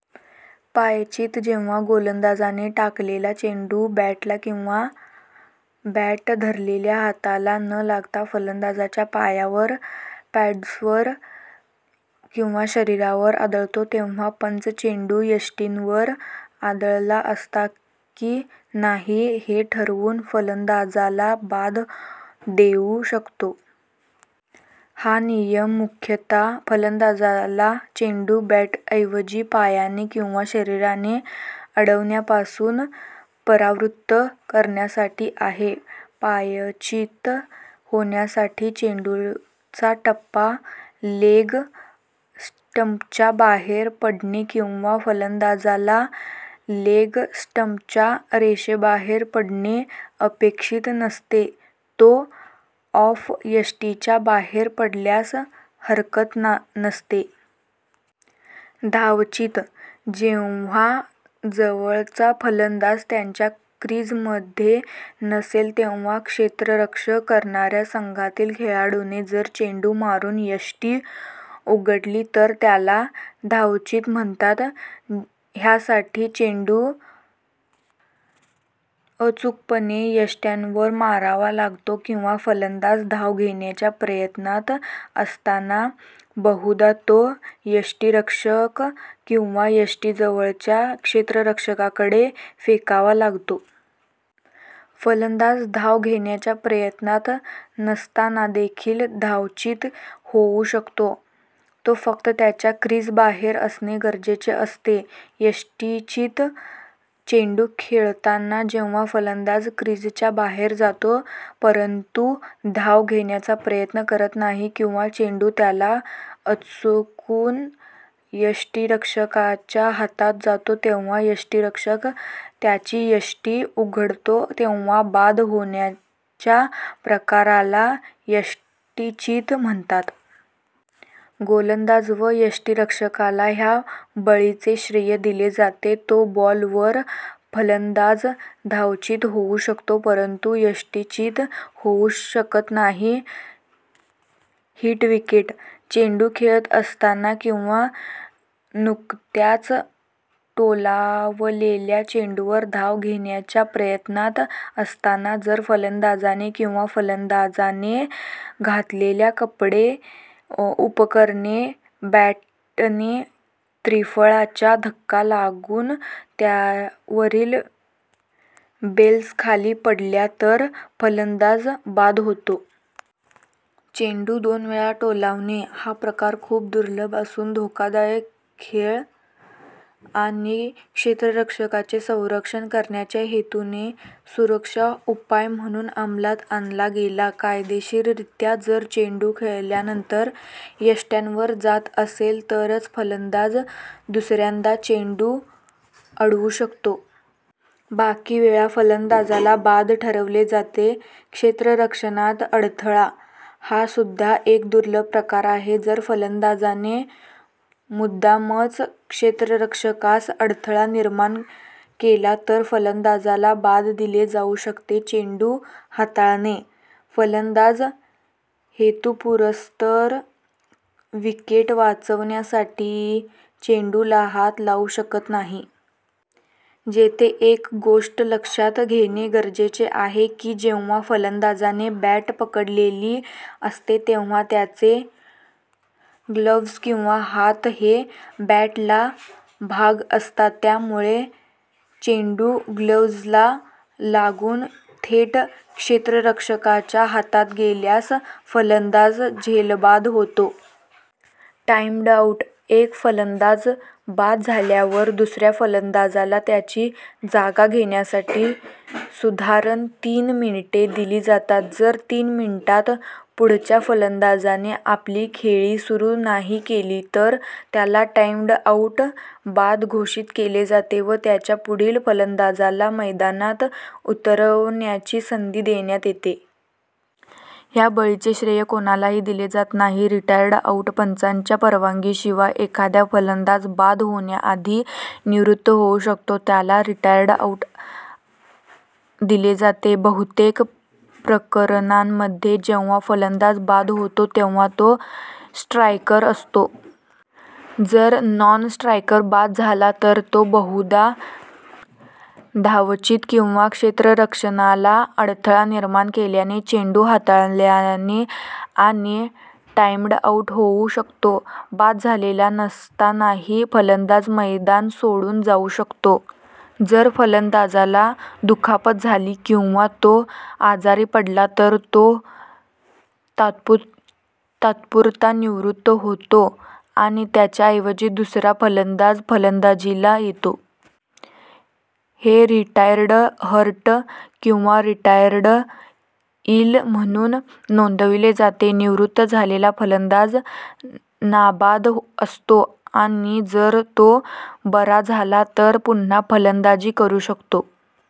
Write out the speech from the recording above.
पायचीत: जेव्हा गोलंदाजाने टाकलेला चेंडू बॅटला किंवा बॅट धरलेल्या हाताला न लागता फलंदाजाच्या पायावर, पॅड्जवर किंवा शरीरावर आदळतो तेव्हा पंच चेंडू यष्टींवर आदळला असता की नाही हे ठरवून फलंदाजाला बाद देऊ शकतो. हा नियम मुख्यतः फलंदाजाला चेंडू बॅटऐवजी पायाने किंवा शरीराने अडवण्यापासून परावृत्त करण्यासाठी आहे. पायचीत होण्यासाठी, चेंडूचा टप्पा लेग स्टंपच्या बाहेर पडणे किंवा फलंदाजाला लेग-स्टंपच्या रेषेबाहेर लागणे अपेक्षित नसते. तो ऑफ-यष्टीच्या बाहेर पडल्यास हरकत नसते. धावचीत: जेव्हा जवळचा फलंदाज त्याच्या क्रिजमध्ये नसेल, तेव्हा क्षेत्ररक्षण करणाऱ्या संघातील खेळाडूने जर चेंडू मारून यष्टी उडवली तर त्याला धावचीत म्हणतात. ह्यासाठी चेंडू अचूकपणे यष्ट्यांवर मारावा लागतो, किंवा फलंदाज धाव घेण्याच्या प्रयत्नात असताना, बहुधा तो यष्टिरक्षक किंवा यष्टीजवळच्या क्षेत्ररक्षकाकडे फेकावा लागतो. फलंदाज धाव घेण्याच्या प्रयत्नात नसताना देखील "धावचीत" होवू शकतो; तो फक्त त्याच्या क्रिजबाहेर असणे गरजेचे असते. यष्टिचीत: चेंडू खेळतांना जेव्हा फलंदाज क्रिजच्या बाहेर जातो, परंतु धाव घेण्याचा प्रयत्न करत नाही आणि चेंडू त्याला चकवून यष्टिरक्षकाच्या हातात जातो तेव्हा यष्टिरक्षक त्याची यष्टी उडवतो तेव्हा, बाद होण्याच्या प्रकाराला यष्टिचीत म्हणतात. गोलंदाज व यष्टीरक्षकाला ह्या बळीचे श्रेय दिले जाते. नो बॉल वर फलंदाज धावचीत होवू शकतो परंतु यष्टिचीत होऊ शकत नाही. हिट विकेट: चेंडू खेळत असताना किंवा नुकत्याच टोलावलेल्या चेंडूवर धाव घेण्याच्या प्रयत्नात असताना, जर फलंदाजाने किंवा फलंदाजाने घातलेल्या कपडे, उपकरणे, बॅटने त्रिफळ्याला धक्का लागून त्यावरील बेल्स खाली पडल्या तर फलंदाज बाद होतो. चेंडू दोन वेळा टोलावणे: हा प्रकार खूप दुर्लभ असून, धोकादायक खेळ आणि क्षेत्ररक्षकांचे संरक्षण करण्याच्या हेतूने सुरक्षा उपाय म्हणून अंमलात आणला गेला. कायदेशीररित्या जर चेंडू खेळल्यानंतर, यष्ट्यांवर जात असेल तरच फलंदाज दुसऱ्यांदा चेंडू अडवू शकतो. बाकीवेळा फलंदाजाला बाद ठरवले जाते. क्षेत्ररक्षणात अडथळा: हा सुद्धा एक दुर्लभ प्रकार आहे. जर फलंदाजाने मुद्दामच क्षेत्ररक्षकास अडथळा निर्माण केला तर फलंदाजाला बाद दिले जाऊ शकते. चेंडू हाताळणे: फलंदाज हेतुपुरस्सर विकेट वाचवण्यासाठी चेंडूला हात लावू शकत नाही. येथे एक गोष्ट लक्षात घेणे गरजेचे आहे, की जेव्हा फलंदाजाने बॅट पकडलेली असते तेव्हा त्याचे ग्लोव्हज किंवा हात हे बॅटचा भाग असतात, त्यामुळे चेंडू ग्लोव्हजला लागून थेट क्षेत्ररक्षकाच्या हातात गेल्यास फलंदाज झेलबाद होतो. टाईम्ड आऊट: एक फलंदाज बाद झाल्यावर दुसऱ्या फलंदाजाला त्याची जागा घेण्यासाठी साधारण तीन मिनिटे दिली जातात. जर तीन मिनिटात पुढच्या फलंदाजाने आपली खेळी सुरू नाही केली तर त्याला टाईम्ड आउट बाद घोषित केले जाते व त्याच्या पुढील फलंदाजाला मैदानात उतरण्याची संधी देण्यात येते. ह्या बळीचे श्रेय कोणालाही दिले जात नाही.. रिटायर्ड आउट: पंचांच्या परवानगीशिवाय एखादा फलंदाज बाद होण्याआधी निवृत्त होऊ शकतो, त्याला रिटायर्ड आऊट दिले जाते. बहुतेक प्रकरणांमध्ये जेव्हा फलंदाज बाद होतो, तेव्हा तो स्ट्रायकर असतो. जर नॉन-स्ट्रायकर बाद झाला तर तो बहुधा धावचीत किंवा क्षेत्ररक्षणाला अडथळा निर्माण केल्याने, चेंडू हाताळल्याने आणि टाईम्ड आऊट होऊ शकतो. बाद झालेला नसतानाही फलंदाज मैदान सोडून जाऊ शकतो. जर फलंदाजाला दुखापत झाली किंवा तो आजारी पडला, तर तो तात्पुरता निवृत्त होतो आणि त्याच्याऐवजी दुसरा फलंदाज फलंदाजीला येतो. हे रिटायर्ड हर्ट किंवा रिटायर्ड इल म्हणून नोंदवले जाते. निवृत्त झालेला फलंदाज नाबाद असतो आणि जर तो बरा झाला तर पुन्हा फलंदाजी करू शकतो.